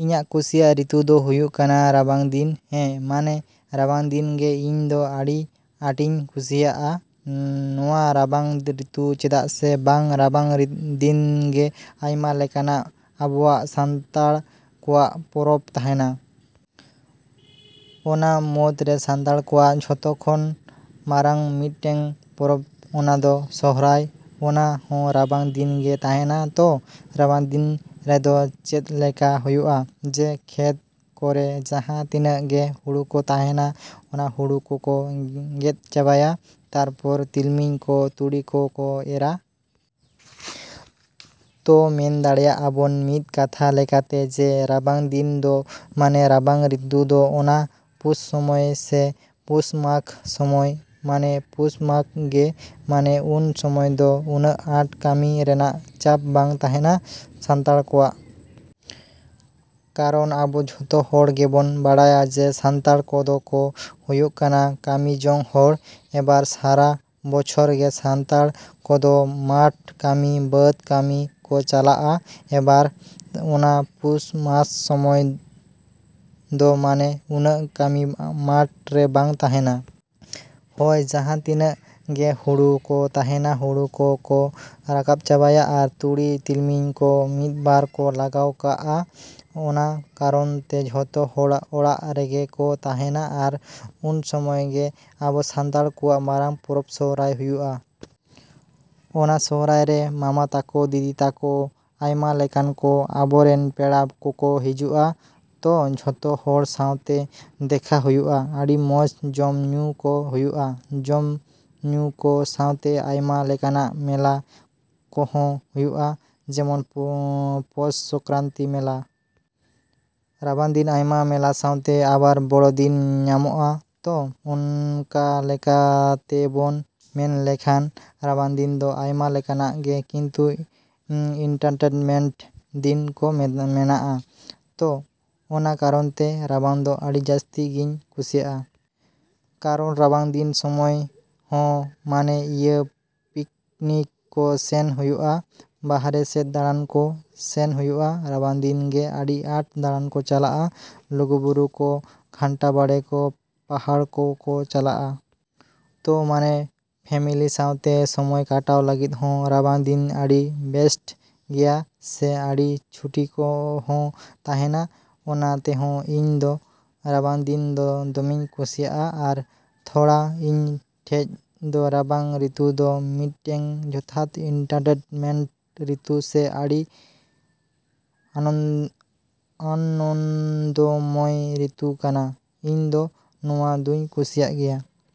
‎ᱤᱧᱟᱜ ᱠᱩᱥᱤᱭᱟᱜ ᱨᱤᱛᱩ ᱫᱚ ᱦᱩᱭᱩᱜ ᱠᱟᱱᱟ ᱨᱟᱵᱟᱝ ᱫᱤᱱ᱾ ᱦᱮᱸ, ᱢᱟᱱᱮ ᱨᱟᱵᱟᱝ ᱫᱤᱱ ᱜᱮ ᱤᱧ ᱫᱚ ᱟᱹᱰᱤ ᱟᱸᱴᱤᱧ ᱠᱩᱥᱤᱭᱟᱜᱼᱟ ᱱᱚᱣᱟ ᱨᱟᱵᱟᱝ ᱨᱤᱛᱩ᱾ ᱪᱮᱫᱟᱜ ᱥᱮ ᱵᱟᱝ ᱨᱟᱵᱟᱝ ᱫᱤᱱ ᱜᱮ ᱟᱭᱢᱟ ᱞᱮᱠᱟᱱᱟᱜ ᱟᱵᱚᱣᱟᱜ ᱥᱟᱱᱛᱟᱲ ᱠᱚᱣᱟᱜ ᱯᱚᱨᱚᱵᱽ ᱛᱟᱦᱮᱱᱟ᱾ ᱚᱱᱟ ᱢᱩᱫᱽ ᱨᱮ ᱥᱟᱱᱛᱟᱲ ᱠᱚᱣᱟᱜ ᱡᱚᱛᱚ ᱠᱷᱚᱱ ᱢᱟᱨᱟᱝ ᱢᱤᱫᱴᱮᱱ ᱯᱚᱨᱚᱵᱽ ᱚᱱᱟ ᱫᱚ ᱥᱚᱨᱦᱟᱭ, ᱚᱱᱟ ᱦᱚᱸ ᱨᱟᱵᱟᱝ ᱫᱤᱱ ᱜᱮ ᱛᱟᱦᱮᱱᱟ᱾ ᱛᱚ ᱨᱟᱵᱟᱝ ᱫᱤᱱ ᱨᱮᱫᱚ ᱪᱮᱫ ᱞᱮᱠᱟ ᱦᱩᱭᱩᱜᱼᱟ ᱡᱮ ᱠᱷᱮᱛ ᱠᱚᱨᱮ ᱡᱟᱦᱟᱸ ᱛᱤᱱᱟᱹᱜ ᱜᱮ ᱦᱳᱲᱳ ᱠᱚ ᱛᱟᱦᱮᱱᱟ ᱚᱱᱟ ᱦᱳᱲᱳ ᱠᱚᱠᱚ ᱜᱮᱫ ᱪᱟᱵᱟᱭᱟ ᱛᱟᱯᱚᱨ ᱛᱤᱞᱢᱤᱧ ᱠᱚ, ᱛᱩᱲᱤ ᱠᱚ ᱠᱚ ᱮᱨᱟ᱾ ᱛᱚ ᱢᱮᱱ ᱫᱟᱲᱮᱭᱟᱜ ᱟᱵᱚᱱ ᱢᱤᱫ ᱠᱟᱛᱷᱟ ᱞᱮᱠᱟᱛᱮ ᱡᱮ ᱨᱟᱵᱟᱝ ᱫᱤᱱ ᱫᱚ ᱢᱟᱱᱮ ᱨᱟᱵᱟᱝ ᱨᱤᱛᱩ ᱫᱚ ᱚᱱᱟ ᱯᱩᱥ ᱥᱚᱢᱚᱭ ᱥᱮ ᱯᱩᱥ ᱢᱟᱜᱽ ᱥᱚᱢᱚᱭ, ᱢᱟᱱᱮ ᱯᱩᱥ ᱢᱟᱜᱽ ᱜᱮ ᱢᱟᱱᱮ ᱩᱱ ᱥᱚᱢᱚᱭ ᱫᱚ ᱩᱱᱟᱹᱜ ᱟᱴ ᱠᱟᱹᱢᱤ ᱨᱮᱱᱟᱜ ᱪᱟᱯ ᱵᱟᱝ ᱛᱟᱦᱮᱱᱟ ᱥᱟᱱᱛᱟᱲ ᱠᱚᱣᱟᱜ᱾ ᱠᱟᱨᱚᱱ ᱟᱵᱚ ᱡᱚᱛᱚ ᱦᱚᱲ ᱜᱮᱵᱚᱱ ᱵᱟᱲᱟᱭᱟ ᱡᱮ ᱥᱟᱱᱛᱟᱲ ᱠᱚᱫᱚ ᱠᱚ ᱦᱩᱭᱩᱜ ᱠᱟᱱᱟ ᱠᱟᱹᱢᱤ ᱡᱚᱝ ᱦᱚᱲ᱾ ᱮᱵᱟᱨ ᱥᱟᱨᱟ ᱵᱚᱪᱷᱚᱨ ᱜᱮ ᱥᱟᱱᱛᱟᱲ ᱠᱚᱫᱚ ᱢᱟᱴ ᱠᱟᱹᱢᱤ, ᱵᱟᱹᱫᱽ ᱠᱟᱹᱢᱤ ᱠᱚ ᱪᱟᱞᱟᱜᱼᱟ᱾ ᱮᱵᱟᱨ ᱚᱱᱟ ᱯᱩᱥ ᱢᱟᱥ ᱥᱚᱢᱚᱭ ᱫᱚ ᱢᱟᱱᱮ ᱩᱱᱟᱹᱜ ᱠᱟᱹᱢᱤ ᱢᱟᱴ ᱨᱮ ᱵᱟᱝ ᱛᱟᱦᱮᱱᱟ᱾ ᱦᱚᱭ, ᱡᱟᱦᱟᱸ ᱛᱤᱱᱟᱹᱜ ᱜᱮ ᱦᱳᱲᱳ ᱠᱚ ᱛᱟᱦᱮᱱᱟ ᱦᱳᱲᱳ ᱠᱚ ᱠᱚ ᱨᱟᱠᱟᱵᱽ ᱪᱟᱵᱟᱭᱟ ᱟᱨ ᱛᱩᱲᱤ ᱛᱤᱞᱢᱤᱧ ᱠᱚ ᱢᱤᱫ ᱵᱟᱨ ᱠᱚ ᱞᱟᱜᱟᱣ ᱠᱟᱜᱼᱟ᱾ ᱚᱱᱟ ᱠᱟᱨᱚᱱ ᱛᱮ ᱡᱚᱛᱚ ᱦᱚᱲ ᱚᱲᱟᱜ ᱨᱮᱜᱮ ᱠᱚ ᱛᱟᱦᱮᱱᱟ ᱟᱨ ᱩᱱ ᱥᱚᱢᱚᱭ ᱜᱮ ᱟᱵᱚ ᱥᱟᱱᱛᱟᱲ ᱠᱚᱣᱟᱜ ᱢᱟᱨᱟᱝ ᱯᱚᱨᱚᱵᱽ ᱥᱚᱨᱦᱟᱭ ᱦᱩᱭᱩᱜᱼᱟ᱾ ᱚᱱᱟ ᱥᱚᱨᱦᱟᱭ ᱨᱮ ᱢᱟᱢᱟ ᱛᱟᱠᱚ, ᱫᱤᱫᱤ ᱛᱟᱠᱚ, ᱟᱭᱢᱟ ᱞᱮᱠᱟᱱ ᱠᱚ ᱟᱵᱚ ᱨᱮᱱ ᱯᱮᱲᱟ ᱠᱚᱠᱚ ᱦᱟᱹᱡᱩᱜᱼᱟ᱾ ᱛᱚ ᱡᱚᱛᱚ ᱦᱚᱲ ᱥᱟᱣᱛᱮ ᱫᱮᱠᱷᱟ ᱦᱩᱭᱩᱜᱼᱟ, ᱟᱹᱰᱤ ᱢᱚᱡᱽ ᱡᱚᱢ ᱧᱩ ᱠᱚ ᱦᱩᱭᱩᱜᱼᱟ᱾ ᱡᱚᱢ ᱧᱩ ᱠᱚ ᱥᱟᱶᱛᱮ ᱟᱭᱢᱟ ᱞᱮᱠᱟᱱᱟᱜ ᱢᱮᱞᱟ ᱠᱚᱦᱚ ᱦᱩᱭᱩᱜᱼᱟ ᱡᱮᱢᱚᱱ ᱯᱚᱥ ᱥᱚᱝᱠᱨᱟᱱᱛᱤ ᱢᱮᱞᱟ᱾ ᱨᱟᱵᱟᱝ ᱫᱤᱱ ᱟᱭᱢᱟ ᱢᱮᱞᱟ ᱥᱟᱶᱛᱮ ᱟᱵᱟᱨ ᱵᱚᱲᱚ ᱫᱤᱱ ᱧᱟᱢᱚᱜᱼᱟ᱾ ᱛᱚ ᱚᱱᱠᱟ ᱞᱮᱠᱟᱛᱮᱵᱚᱱ ᱢᱮᱱ ᱞᱮᱠᱷᱟᱱ ᱨᱟᱵᱟᱝ ᱫᱤᱱ ᱫᱚ ᱟᱭᱢᱟ ᱞᱮᱠᱟᱱᱟᱜ ᱜᱮ ᱠᱤᱱᱛᱩ ᱤᱱᱴᱟᱨᱴᱮᱱᱢᱮᱱᱴ ᱫᱤᱱ ᱠᱚ ᱢᱮᱱᱟᱜᱼᱟ᱾ ᱛᱚ ᱚᱱᱟ ᱠᱟᱨᱚᱱ ᱛᱮ ᱨᱟᱵᱟᱝ ᱫᱚ ᱡᱟᱹᱥᱛᱤ ᱜᱮᱧ ᱠᱩᱥᱤᱭᱟᱜᱼᱟ᱾ ᱠᱟᱨᱚᱱ ᱨᱟᱵᱟᱝ ᱫᱤᱱ ᱥᱚᱢᱚᱭ ᱦᱚᱸ ᱢᱟᱱᱮ ᱤᱭᱟᱹ ᱯᱤᱠᱱᱤᱠ ᱠᱚ ᱥᱮᱱ ᱦᱩᱭᱩᱜᱼᱟ, ᱵᱟᱨᱦᱮ ᱥᱮᱫ ᱫᱟᱬᱟᱱ ᱠᱚ ᱥᱮᱱ ᱦᱩᱭᱩᱜᱼᱟ᱾ ᱨᱟᱵᱟᱝ ᱫᱤᱱ ᱜᱮ ᱟᱹᱰᱤ ᱟᱸᱴ ᱫᱟᱬᱟᱱ ᱠᱚ ᱪᱟᱞᱟᱜᱼᱟ ᱞᱩᱜᱩᱵᱩᱨᱩ ᱠᱚ, ᱜᱷᱟᱱᱴᱟ ᱵᱟᱲᱮ ᱠᱚ, ᱯᱟᱦᱟᱲ ᱠᱚ ᱠᱚ ᱪᱟᱞᱟᱜᱼᱟ᱾ ᱛᱚ ᱢᱟᱱᱮ ᱯᱷᱮᱢᱮᱞᱤ ᱥᱟᱣᱛᱮ ᱥᱚᱢᱚᱭ ᱠᱟᱴᱟᱣ ᱞᱟᱹᱜᱤᱫ ᱦᱚᱸ ᱨᱟᱵᱟᱝ ᱫᱤᱱ ᱟᱹᱰᱤ ᱵᱮᱥᱴ ᱜᱮᱭᱟ ᱥᱮ ᱟᱹᱰᱤ ᱪᱷᱩᱴᱤ ᱠᱚᱦᱚᱸ ᱛᱟᱦᱮᱱᱟ᱾ ᱚᱱᱟ ᱛᱮᱦᱚᱸ ᱤᱧ ᱫᱚ ᱨᱟᱵᱟᱝ ᱫᱤᱱ ᱫᱚ ᱫᱚᱢᱮᱧ ᱠᱩᱥᱤᱭᱟᱜᱼᱟ ᱟᱨ ᱛᱷᱚᱲᱟ ᱤᱧ ᱴᱷᱮᱡ ᱫᱚ ᱨᱟᱵᱟᱝ ᱨᱤᱛᱩ ᱫᱚ ᱢᱤᱫᱴᱮᱱ ᱡᱚᱛᱷᱟᱛ ᱤᱱᱴᱟᱨᱴᱮᱱᱢᱮᱱᱴ ᱨᱤᱛᱩ ᱥᱮ ᱟᱹᱰᱤ ᱟᱱᱚᱱᱫᱚᱢᱚᱭ ᱨᱤᱛᱩ ᱠᱟᱱᱟ᱾ ᱤᱧ ᱫᱚ ᱱᱚᱣᱟ ᱫᱩᱧ ᱠᱩᱥᱤᱭᱟᱜ ᱜᱮᱭᱟ।